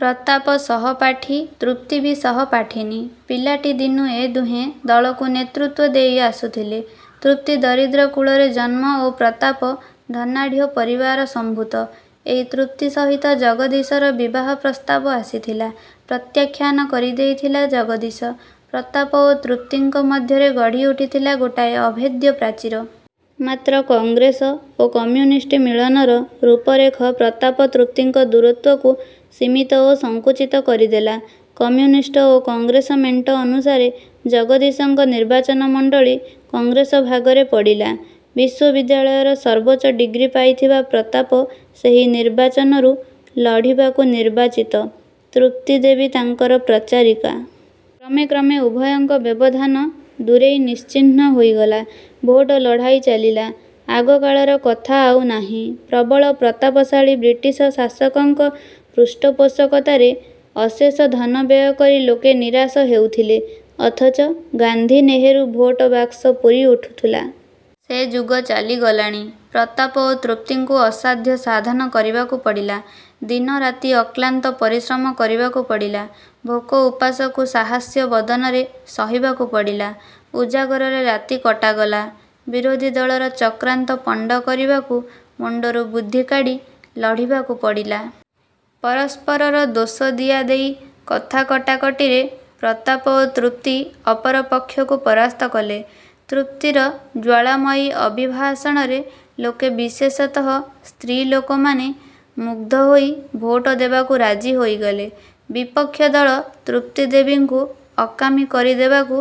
ପ୍ରତାପ ସହପାଠୀ। ତୃପ୍ତି ବି ସହପାଠିନୀ। ପିଲାଟିଦିନୁ ଏ ଦୁହେଁ ଦଳକୁ ନେତୃତ୍ୱ ଦେଇଆସୁଥିଲେ। ତୃପ୍ତି ଦରିଦ୍ର କୁଳରେ ଜନ୍ମ ଓ ପ୍ରତାପ ଧନାଢ଼୍ୟ ପରିବାର ସମ୍ଭୂତ-। ଏଇ ତୃପ୍ତି ସହିତ ଜଗଦୀଶର ବିବାହ ପ୍ରସ୍ତାବ ଆସିଥିଲା। ପ୍ରତ୍ୟାଖ୍ୟାନ କରିଦେଇଥିଲା ଜଗଦୀଶ। ପ୍ରତାପ ଓ ତୃପ୍ତିଙ୍କ ମଧ୍ୟରେ ଗଢ଼ି ଉଠିଥିଲା ଗୋଟାଏ ଅଭେଦ୍ୟ ପ୍ରାଚୀର-। ମାତ୍ର କଂଗ୍ରେସ ଓ କମ୍ୟୁନିଷ୍ଟ ମିଳନର ରୂପରେଖ ପ୍ରତାପ ତୃପ୍ତିଙ୍କ ଦୂରତ୍ୱକୁ ସୀମିତ ଓ ସଙ୍କୁଚିତ କରିଦେଲା। କମ୍ୟୁନିଷ୍ଟ ଓ କଂଗ୍ରେସ ମେଣ୍ଟ ଅନୁସାରେ ଜଗଦୀଶଙ୍କ ନିର୍ବାଚିନମଣ୍ତଳୀ କଂଗ୍ରେସ ଭାଗରେ ପଡ଼ିଲା। ବିଶ୍ୱବିଦ୍ୟାଳୟର ସର୍ବୋଚ୍ଚ ଡ଼ିଗ୍ରୀ ପାଇଥିବା ପ୍ରତାପ ସେହି ନିର୍ବାଚନରୁ ଲଢ଼ିବାକୁ ନିର୍ବାଚିତ। ତୃପ୍ତି ଦେବୀ ତାଙ୍କର ପ୍ରଚାରିକା। କ୍ରମେ କ୍ରମେ ଉଭୟଙ୍କ ବ୍ୟବଧାନ ଦୂରେଇ ନିଶ୍ଚିହ୍ନ ହୋଇଗଲା। ଭୋଟ ଲଢ଼ାଇ ଚାଲିଲା। ଆଗକାଳର କଥା ଆଉ ନାହିଁ। ପ୍ରବଳ ପ୍ରତାପଶାଳୀ ବ୍ରିଟିଶ ଶାସକଙ୍କ ପୃଷ୍ଠପୋଷକତାରେ ଅଶେଷ ଧନ ବ୍ୟୟ କରି ଲୋକେ ନିରାଶ ହେଉଥିଲେ। ଅଥଚ 'ଗାନ୍ଧୀ' ନେହେରୁ ଭୋଟ ବାକ୍ସ ପୁରି ଉଠୁଥିଲା। ସେ ଯୁଗ ଚାଲି ଗଲାଣି। ପ୍ରତାପ ଓ ତୃପ୍ତିଙ୍କୁ ଅସାଧ୍ୟ ସାଧନ କରିବାକୁ ପଡ଼ିଲା। ଦିନ ରାତି ଅକ୍ଲାନ୍ତ ପରିଶ୍ରମ କରିବାକୁ ପଡ଼ିଲା। ଭୋକ ଉପାସକୁ ସାହାସ୍ୟ ବଦନରେ ସହିବାକୁ ପଡ଼ିଲା। ଉଜାଗରରେ ରାତି କଟାଗଲା। ବିରୋଧୀ ଦଳର ଚକ୍ରାନ୍ତ ପଣ୍ତ କରିବାକୁ ମୁଣ୍ତରୁ ବୁଦ୍ଧି କାଢ଼ି ଲଢ଼ିବାକୁ ପଡ଼ିଲା। ପରସ୍ପରର ଦୋଷ ଦିଆଦେଇ, କଥା କଟାକଟିରେ ପ୍ରତାପ ଓ ତୃପ୍ତି ଅପରପକ୍ଷକୁ ପରାସ୍ତ କଲେ। ତୃପ୍ତିର ଜ୍ୱାଳାମୟୀ ଅଭିଭାଷଣରେ ଲୋକେ ବିଶେଷତଃ ସ୍ତ୍ରୀ ଲୋକମାନେ ମୁଗ୍ଧ ହୋଇ ଭୋଟ ଦେବାକୁ ରାଜି ହୋଇଗଲେ। ବିପକ୍ଷଦଳ ତୃପ୍ତି ଦେବୀଙ୍କୁ ଅକାମୀ କରି ଦେବାକୁ।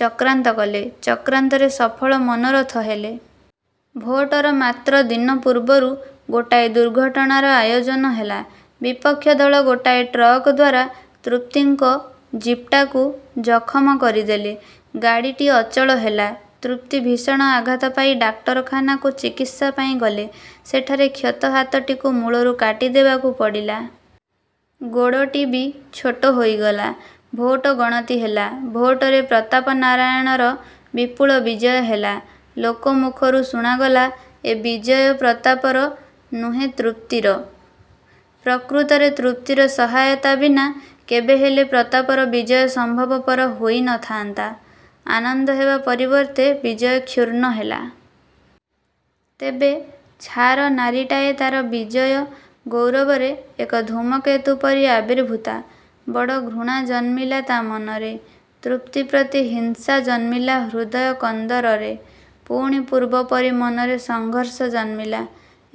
ଚକ୍ରାନ୍ତ କଲେ। ଚକ୍ରାନ୍ତରେ ସଫଳ ମନୋରଥ ହେଲେ। ଭୋଟର ମାତ୍ର ଦିନ ପୂର୍ବରୁ ଗୋଟାଏ ଦୁର୍ଘଟଣାର ଆୟୋଜନ ହେଲା-। ବିପକ୍ଷ ଦଳ ଗୋଟାଏ ଟ୍ରକ୍ ଦ୍ୱାରା ତୃପ୍ତିଙ୍କ ଜିପ୍ଟାକୁ ଜଖମ କରିଦେଲେ। ଗାଡ଼ିଟି ଅଚଳ ହେଲା-। ତୃପ୍ତି ଭୀଷଣ ଆଘାତ ପାଇ ଡାକ୍ତରଖାନାକୁ ଚିକିତ୍ସା ପାଇଁ ଗଲେ। ସେଠାରେ କ୍ଷତ ହାତଟିକୁ ମୂଳରୁ କାଟି ଦେବାକୁ ପଡ଼ିଲା। ଗୋଡ଼ଟି ବି ଛୋଟ ହୋଇଗଲା। ଭୋଟ ଗଣତି ହେଲା। ଭୋଟରେ ପ୍ରତାପ ନାରାୟଣର ବିପୁଳ ବିଜୟ ହେଲା। ଲୋକ ମୁଖରୁ ଶୁଣାଗଲା-ଏ ବିଜୟ ପ୍ରତାପର ନୁହେ ତୃପ୍ତିର। ପ୍ରକୃତରେ ତୃପ୍ତିର ସହାୟତା ବିନା କେବେହେଲେ ପ୍ରତାପର ବିଜୟ ସମ୍ଭବ ପର ହୋଇ ନ ଥାଆନ୍ତା। ଆନନ୍ଦ ହେବା ପରିବର୍ତ୍ତେ ବିଜୟ କ୍ଷୁର୍ଣ୍ଣ ହେଲା। ତେବେ ଛାର ନାରୀଟାଏ ତାର ବିଜୟ ଗୌରବରେ ଏକ ଧୂମକେତୁ ପରି ଆବିର୍ଭୂତା। ବଡ଼ ଘୃଣା ଜନ୍ମିଲା ତା ମନରେ। ତୃପ୍ତି ପ୍ରତି ହିଂସା ଜନ୍ମିଲା ହୃଦୟ କନ୍ଦରରେ। ପୁଣି ପୂର୍ବ ପରି ମନରେ ସଂଘର୍ଷ ଜନ୍ମିଲା।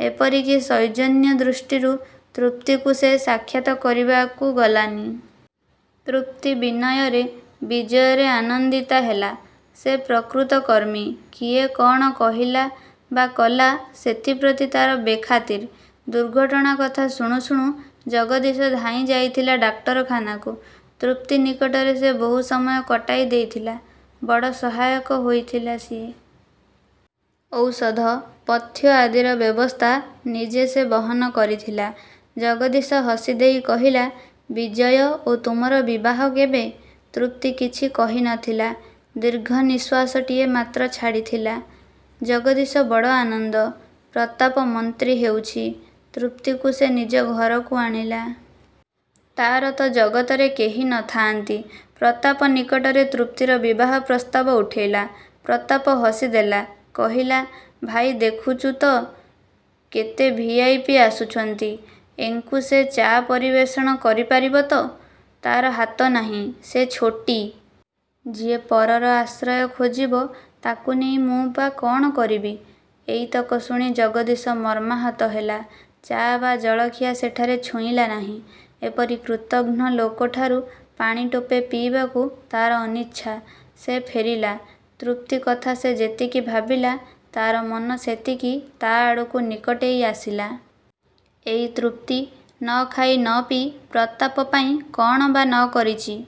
ଏପରି କି ସୌଜନ୍ୟ ଦୃଷ୍ଟିରୁ ତୃପ୍ତିକୁ ସେ ସାକ୍ଷାତ କରିବାକୁ ଗଲାନି। ତୃପ୍ତି ବିନୟରେ ବିଜୟରେ ଆନନ୍ଦିତା ହେଲା। ସେ ପ୍ରକୃତ କର୍ମୀ। କିଏ କ'ଣ କହିଲା ବା କଲା ସେଥିପ୍ରତି ତାର ବେଖାତିର। ଦୁର୍ଘଟଣା କଥା ଶୁଣୁ ଶୁଣୁ ଜଗଦୀଶ ଧାଇଁ ଯାଇଥିଲା ଡାକ୍ତରଖାନାକୁ। ତୃପ୍ତି ନିକଟରେ ସେ ବହୁ ସମୟ କଟାଇ ଦେଇଥିଲା। ବଡ଼ ସହାୟକ ହୋଇଥିଲା ସିଏ। ଔଷଧ, ପଥ୍ୟ ଆଦିର ବ୍ୟବସ୍ଥା ନିଜେ ସେ ବହନ କରିଥିଲା। ଜଗଦୀଶ ହସିଦେଇ କହିଲା-ବିଜୟ ଓ ତୁମର ବିବାହ କେବେ? ତୃପ୍ତି କିଛି କହି ନ ଥିଲା। ଦୀର୍ଘ ନିଃଶ୍ୱାସଟିଏ ମାତ୍ର ଛାଡ଼ିଥିଲା। ଜଗଦୀଶ ବଡ଼ ଆନନ୍ଦ। ପ୍ରତାପ ମନ୍ତ୍ରୀ ହେଉଛି। ତୃପ୍ତିକୁ ସେ ନିଜ ଘରକୁ ଆଣିଲା। ତାର ତ ଜଗତରେ କେହି ନ ଥାଆନ୍ତି, ପ୍ରତାପ ନିକଟରେ ତୃପ୍ତିର ବିବାହ ପ୍ରସ୍ତାବ ଉଠାଇଲା। ପ୍ରତାପ ହସିଦେଲା, କହିଲା-ଭାଇ ଦେଖୁଚୁ ତ କେତେ ଭି. ଆଇ. ପି. ଆସୁଛନ୍ତି। ଏଙ୍କୁ ସେ ଚା ପରିବେଷଣ କରି ପାରିବ ତ? ତାର ହାତ ନାହିଁ, ସେ ଛୋଟୀ। ଯିଏ ପରର ଆଶ୍ରୟ ଖୋଜିବ ତାକୁ ନେଇ ମୁଁ ବା କ'ଣ କରିବି? ଏଇତକ ଶୁଣି ଜଗଦୀଶ ମର୍ମାହତ ହେଲା। ଚା ବା ଜଳଖିଆ ସେଠାରେ ଛୁଇଁଲା ନାହିଁ। ଏପରି କୃତଘ୍ନ ଲୋକଠାରୁ ପାଣି ଟୋପେ ପିଇବାକୁ ତାର ଅନିଚ୍ଛା। ସେ ଫେରିଲା। ତୃପ୍ତି କଥା ସେ ଯେତିକି ଭାବିଲା, ତାର ମନ ସେତିକି ତା ଆଡ଼କୁ ନିକଟେଇ ଆସିଲା। ଏଇ ତୃପ୍ତି, ନ ଖାଇ ନ ପିଇ, ପ୍ରତାପ ପାଇଁ କ'ଣ ବା ନ କରିଚି?